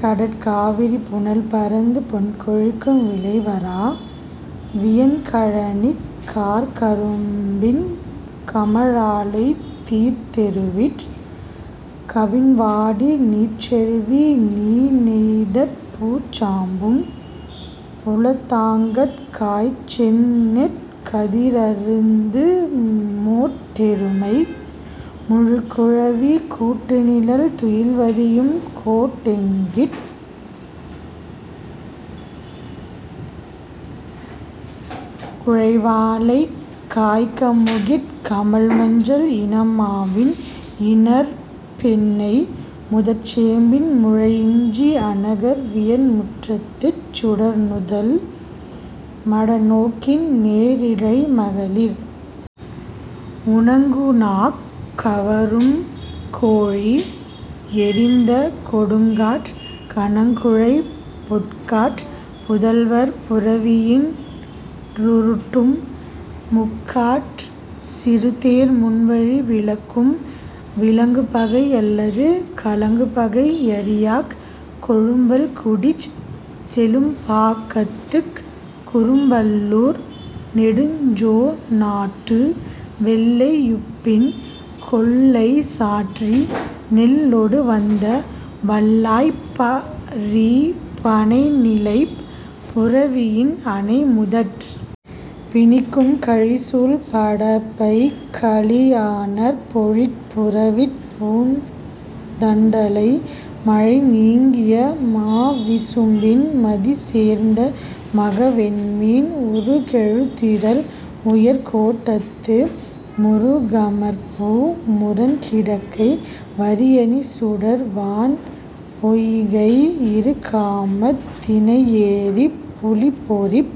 கடற்காவிரி புனல்பரந்து பொன்கொழிக்கும் விளைவறா வியன்கழனிக் கார்க்கரும்பின் கமழாலைத் தீத்தெறுவிற் கவின்வாடி நீர்ச்செறுவி னீணெய்தற் பூச்சாம்பும் புலத்தாங்கட் காய்ச்செந்நெற் கதிரருந்து மோட்டெருமை முழுக்குழவி கூட்டுநிழல் துயில்வதியும் கோட்டெங்கிற் குலைவாழைக் காய்க்கமுகிற் கமழ்மஞ்சள் இனமாவின் இணர்ப்பெண்ணை முதற்சேம்பின் முளையிஞ்சி another வியன்முற்றத்துச் சுடர்நுதல் மடநோக்கின் நேரிழை மகளிர் உணங்குணாக் கவரும் கோழி யெறிந்த கொடுங்காற் கனங்குழை பொற்காற் புதல்வர் புரவியின் றுருட்டும் முக்காற் சிறுதேர் முன்வழி விலக்கும் விலங்குபகை யல்லது கலங்குபகை யறியாக் கொழும்பல்குடிச் செழும்பாக்கத்துக் குறும்பல்லூர் நெடுஞ்சோணாட்டு வெள்ளை யுப்பின் கொள்ளை சாற்றி நெல்லொடு வந்த வல்லாய்ப் ப·றி பணைநிலைப் புரவியின் அணைமுதற் பிணிக்கும் கழிசூழ் படப்பைக் கலியாணர்ப் பொழிற் புறவிற் பூந்தண்டலை மழைநீங்கிய மாவிசும்பின் மதிசேர்ந்த மகவெண்மீன் உருகெழுதிறல் உயர்கோட்டத்து முருகமர்பூ முரண்கிடக்கை வரியணிசுடர் வான்பொய்கை இருகாமத் திணையேரிப் புலிப்பொறிப்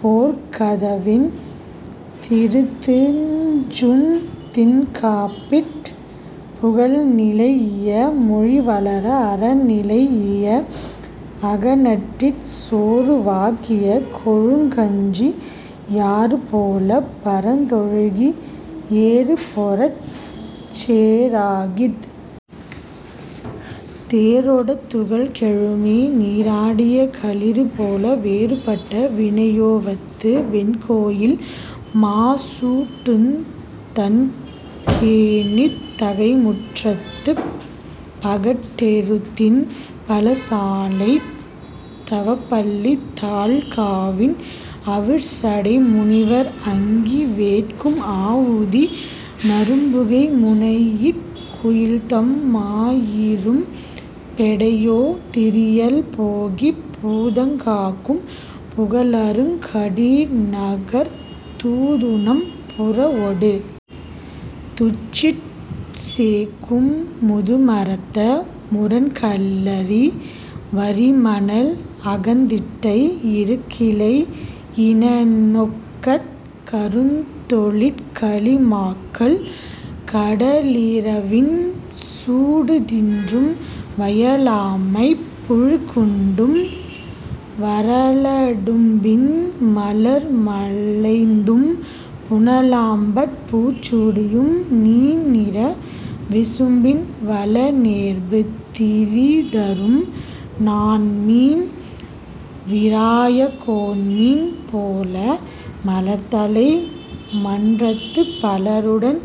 போர்க்கதவின் திருத்துஞ்சுந் திண்காப்பிற் புகழ்நிலைஇய மொழிவளர அறநிலைஇய அகனட்டிற் சோறுவாக்கிய கொழுங்கஞ்சி யாறுபோலப் பரந்தொழுகி ஏறுபொரச் சேறாகித் தேரொடத் துகள் கெழுமி நீறாடிய களிறுபோல வேறுபட்ட வினையோவத்து வெண்கோயில் மாசூட்டுந் தண்கேணித் தகைமுற்றத்துப் பகட்டெருத்தின் பலசாலைத் தவப்பள்ளித் தாழ்காவின் அவிர்சடை முனிவர் அங்கி வேட்கும் ஆவுதி நறும்புகை முனைஇக் குயில்தம் மாயிரும் பெடையோ டிரியல் போகிப் பூதங் காக்கும் புகலருங் கடிநகர்த் தூதுணம் புறவொடு துச்சிற் சேக்கும் முதுமரத்த முரண்களரி வரிமணல் அகந்திட்டை இருங்கிளை யினனொக்கற் கருந்தொழிற் கலிமாக்கள் கடலிறவின் சூடுதின்றும் வயலாமைப் புழுக்குண்டும் வறளடும்பின் மலர்மலைந்தும் புனலாம்பற் பூச்சூடியும் நீனிற விசும்பின் வலனேர்பு திரிதரும் நாண்மீன் விராய கோண்மீன் போல மலர்தலை மன்றத்துப் பலருடன்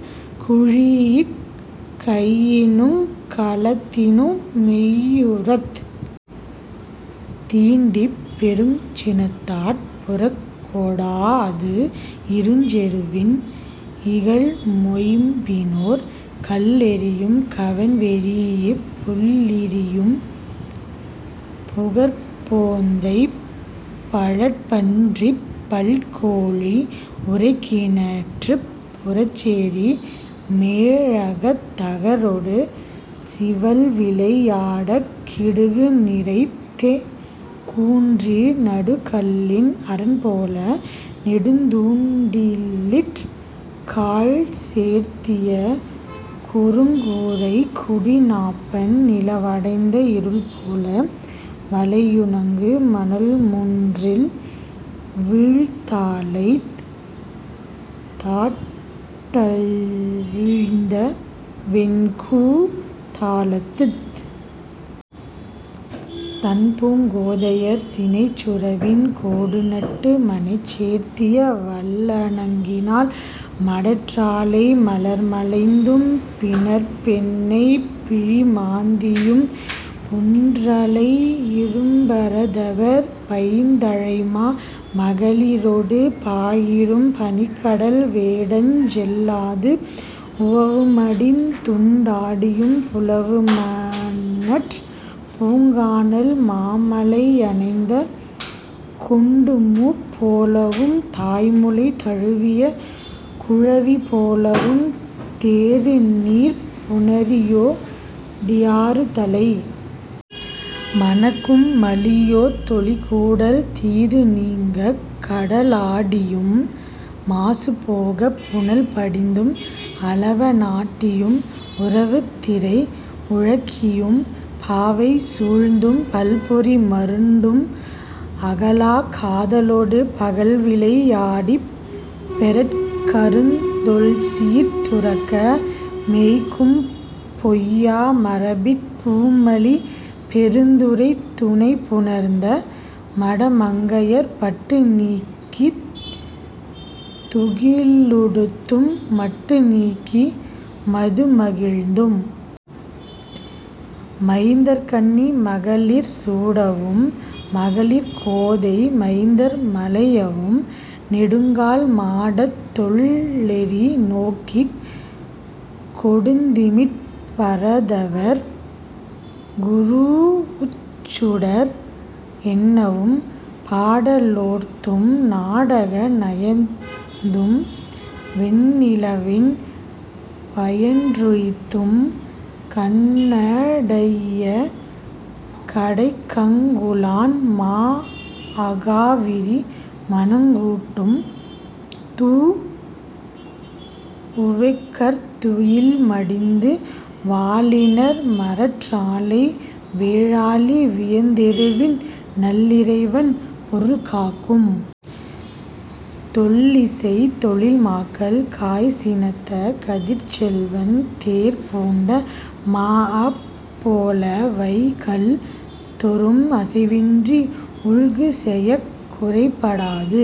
குழீஇக் கையினுங் கலத்தினு மெய்யுறத் தீண்டிப் பெருங்சினத்தாற் புறக்கொடாஅது இருஞ்செருவின் இகல்மொய்ம்பினோர் கல்லெறியும் கவண்வெரீஇப் புள்ளிரியும் புகர்ப்போந்தைப் பறழ்ப்பன்றிப் பல்கோழி உறைக்கிணற்றுப் புறச்சேரி மேழகத் தகரொடு சிவல்விளை யாடக் கிடுகுநிரைத் தெ·கூன்றி நடுகல்லின் அரண்போல நெடுந்தூண்டிலிற் காழ்சேர்த்திய குறுங்கூரைக் குடிநாப்பண் நிலவடைந்த இருள்போல வலையுணங்கு மணல்முன்றில் வீழ்த்தாழைத் தாட்டழ்ந்த வெண்கூ தாளத்துத் தண்பூங் கோதையர் சினைச்சுறவின் கோடுநட்டு மனைச்சேர்த்திய வல்லணங்கினால் மடற்றாழை மலர்மலைந்தும் பிணர்ப்பெண்ணைப் பிழிமாந்தியும் புன்றலை இரும்பரதவர் பைந்தழைமா மகளிரொடு பாயிரும் பனிக்கடல் வேட்டஞ் செல்லாது உவவுமடிந் துண்டாடியும் புலவுமணற் பூங்கானல் மாமலை யணைந்த கொண்மூப் போலவும் தாய்முலை தழுவிய குழவி போலவும் தேறுநீர்ப் புணரியோ டியாறுதலை மணக்கும் மலியோத் தொலிகூடல் தீதுநீங்கக் கடலாடியும் மாசுபோகப் புனல்படிந்தும் அலவ னாட்டியும் உரவுத்திரை உழக்கியும் பாவை சூழ்ந்தும் பல்பொறி மருண்டும் அகலாக் காதலொடு பகல்விளை யாடிப் பெறற்கருந் தொல்சீர்த் துறக்க மேய்க்கும் பொய்யா மரபிற் பூமலி பெருந்துறைத் துணைப்புணர்ந்த மடமங்கையர் பட்டுநீக்கித் துகிலுடுத்தும் மட்டுநீக்கி மதுமகிழ்ந்தும் மைந்தர்கண்ணி மகளிர் சூடவும் மகளிர்கோதை மைந்தர் மலையவும் நெடுங்கால் மாடத் தொள்ளெரி நோக்கிக் கொடுந்திமிற் பரதவர் குரூஉச்சுடர் எண்ணவும் பாட லோர்த்தும் நாடக நயந்தும் வெண்ணிலவின் பயன்றுய்த்தும் கண்ணடைஇய கடைக்கங்குலான் மாஅகாவிரி மணங்கூட்டும் தூஉவெக்கர்த் துயில் மடிந்து வாலிணர் மடற்றாழை வேலாழி வியந்தெருவின் நல்லிறைவன் பொருள்காக்கும் தொல்லிசைத் தொழில்மாக்கள் காய்சினத்த கதிர்ச்செல்வன் தேர்பூண்ட மாஅபோல வைகல்தொறும் அசைவின்றி உல்குசெயக் குறைபடாது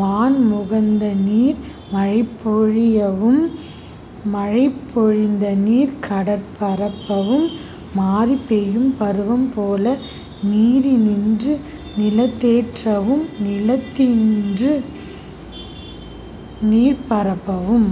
வான்முகந்தநீர் மலைப்பொழியவும் மலைப்பொழிந்தநீர் கடற்பரப்பவும் மாரிபெய்யும் பருவம்போல நீரினின்று நிலத்தேற்றவும் நிலத்தின்று நீர்ப்பரப்பவும்